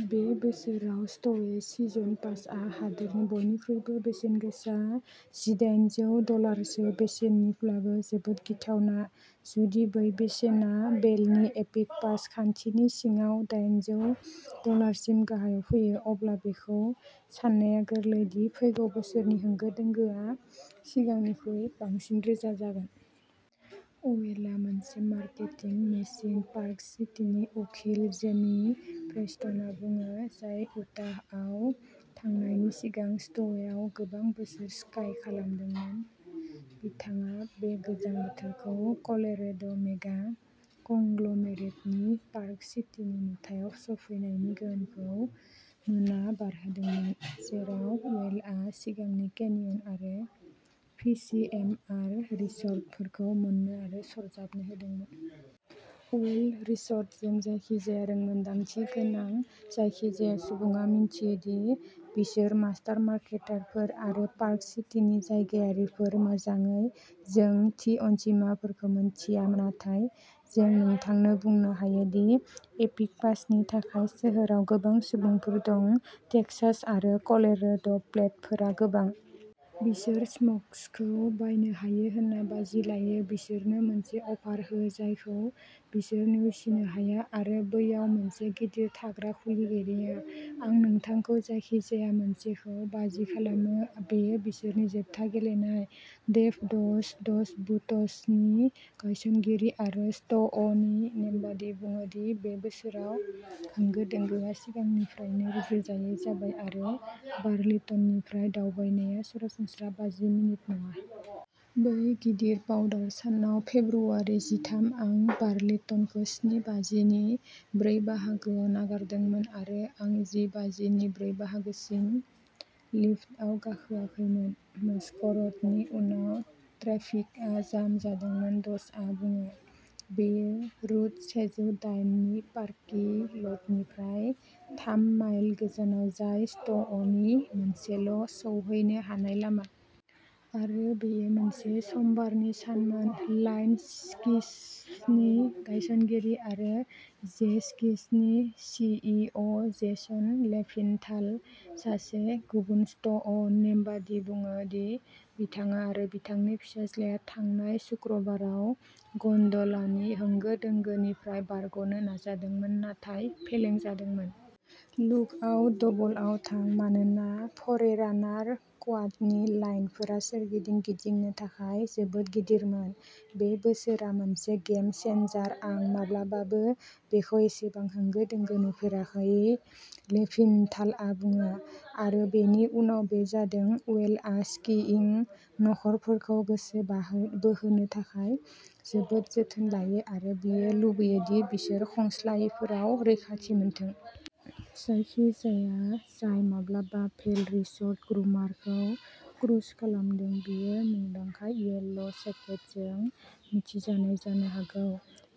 बे बोसोराव स्ट'वे सिजन पासआ हादोरनि बयनिख्रुइबो बेसेनगोसा, जिदायेनजौ डलारसो बेसेननिब्लाबो जोबोद गिथावना। जुदि बै बेसेना वेलनि एपिक पास खान्थिनि सिङाव दायेनजौ डलारसिम गाहायाव फैयो, अब्ला बेखौ साननाया गोरलै दि फैगौ बोसोरनि होंगो दोंगोआ सिगांनिख्रुइ बांसिन रोजा जागोन। वेलआ मोनसे मार्केटिं मेसिन पार्क सिटीनि उखिल जेमी प्रेस्टनआ बुङो, जाय उटाहआव थांनायनि सिगां स्ट'वेआव गोबां बोसोर स्काइ खालामदोंमोन। बिथाङा बे गोजां बोथोरखौ कलरेड' मेगा-कंग्ल'मेरेटनि पार्क सिटीनि नुथायाव सफैनायनि गोहोमखौ नुना बारहोदोंमोन, जेराव वेलआ सिगांनि केनियन आरो फि सि एम आर रिसर्टफोरखौ मोननो आरो सरजाबनो हादोंमोन। वेल रिसर्टजों जायखिजाया रोंमोनदांथि गोनां जायखिजाया सुबुङा मिन्थियो दि बिसोर मास्टार मार्केटारफोर, आरो पार्क सिटीनि जायगायारिफोर मोजाङै, जों थि अनजिमाफोरखौ मिन्थिया, नाथाय जों नोंथांनो बुंनो हायो दि एपिक पासनि थाखाय सोहोराव गोबां सुबुंफोर दं, टेक्सास आरो कलरेड'प्लेटफोरा गोबां। बिसोर स्मग्सखौ बायनो हायो होनना बाजि लायो बिसोरनो मोनसे अफार हो जायखौ बिसोर नेवसिनो हाया आरो बैयाव मोनसे गिदिर थाग्रा खुलि गेलेयो। आं नोंथांखौ जायखिजाया मोनसेखौ बाजि खालामो, बेयो बिसोरनि जोबथा गेलेनाय। डेभ डज, डज बुटसनि गायसनगिरि आरो स्ट'वनि नेमबादि, बुङो दि बे बोसोराव होंगो दोंगोआ सिगांनिफ्रायनो रुजुजायै जाबाय, आरो बार्लिंटननिफ्राय दावबायनाया सरासनस्रा बाजि मिनिट नङा। बै गिदिर पाउडार सानाव फेब्रुआरि जिथाम आं बार्लिंटनखौ स्नि बाजिनि ब्रै बाहागोयाव नागारदोंमोन आरो आं जि बाजिनि ब्रै बाहागोसिम लिफ्टआव गाखोआखैमोन। मस्क'र'डनि उनाव ट्रेफिकआ जाम जादोंमोन डजआ बुङो। बेयो रुट सेजौ दायेन नि पार्किं ल'टनिफ्राय थाम माइल गोजानाव, जाय स्ट'वनि मोनसेल' सौहैनो हानाय लामा। आरो बेयो मोनसे समबारनि सानमोन। लाइन स्किसनि गायसनगिरि आरो जे स्किसनि C E O Jason Levinthal, सासे गुबुन स्ट'व नेमबादि, बुङो दि बिथाङा आरो बिथांनि फिसाज्लाया थांनाय सुक्रुबाराव गन्ड'लानि होंगो दोंगोनिफ्राय बारग'नो नाजादोंमोन, नाथाय फेलें जादोंमोन। लुकआउट डबलआव थां, मानोना फरेरानार क्वाडनि लाइनफोरा सोरगिदिं गिदिंनो थाखाय जोबोद गिदिरमोन। बे बोसोरआ मोनसे गेम चेन्जार आं माब्लाबाबो बेखौ एसेबां होंगो दोंगो नुफेराखै लेभिनथालआ बुङो। आरो बेनि उनाव बे जादों वेलआ स्कीइं नखरफोरखौ गोसो बाहो बोहोनो थाखाय जोबोद जोथोन लायो, आरो बियो लुबैयो दि बिसोर खंस्लायफोराव रैखाथि मोनथों। जायखिजाया जाय माब्लाबा भेल रिसर्ट ग्रुमारखौ क्रुज खालामदों, बियो मुंदांखा येल' जेकेटजों मिथिजानाय जानो हागौ,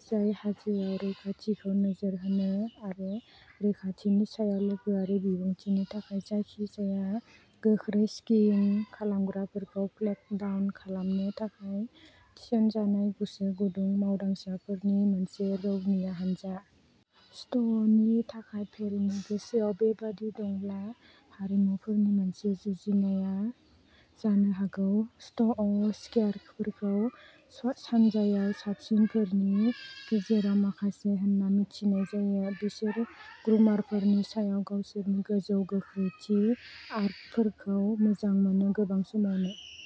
जाय हाजोआव रैखाथिखौ नोजोर होनो आरो रैखाथिनि सायाव लोगोआरि बिबुंथिनि थाखाय जायखिजाया गोख्रै स्कीइं खालामग्राफोरखौ फ्लेग डाउन खालामनो थाखाय थिसनजानाय गोसोगुदुं मावदांसाफोरनि मोनसे रौनिया हानजा। स्ट'वनि थाखाय भेलनि गोसोआव बेबादि दंब्ला, हारिमुफोरनि मोनसे जुजिनाया जानो हागौ। स्ट'व स्कियारफोरखौ सानजायाव साबसिनफोरनि गेजेराव माखासे होनना मिथिनाय जायो। बिसोर ग्रुमारफोरनि सायाव गावसोरनि गोजौ गोख्रैथि आर्कफोरखौ मोजां मोनो गोबां समावनो।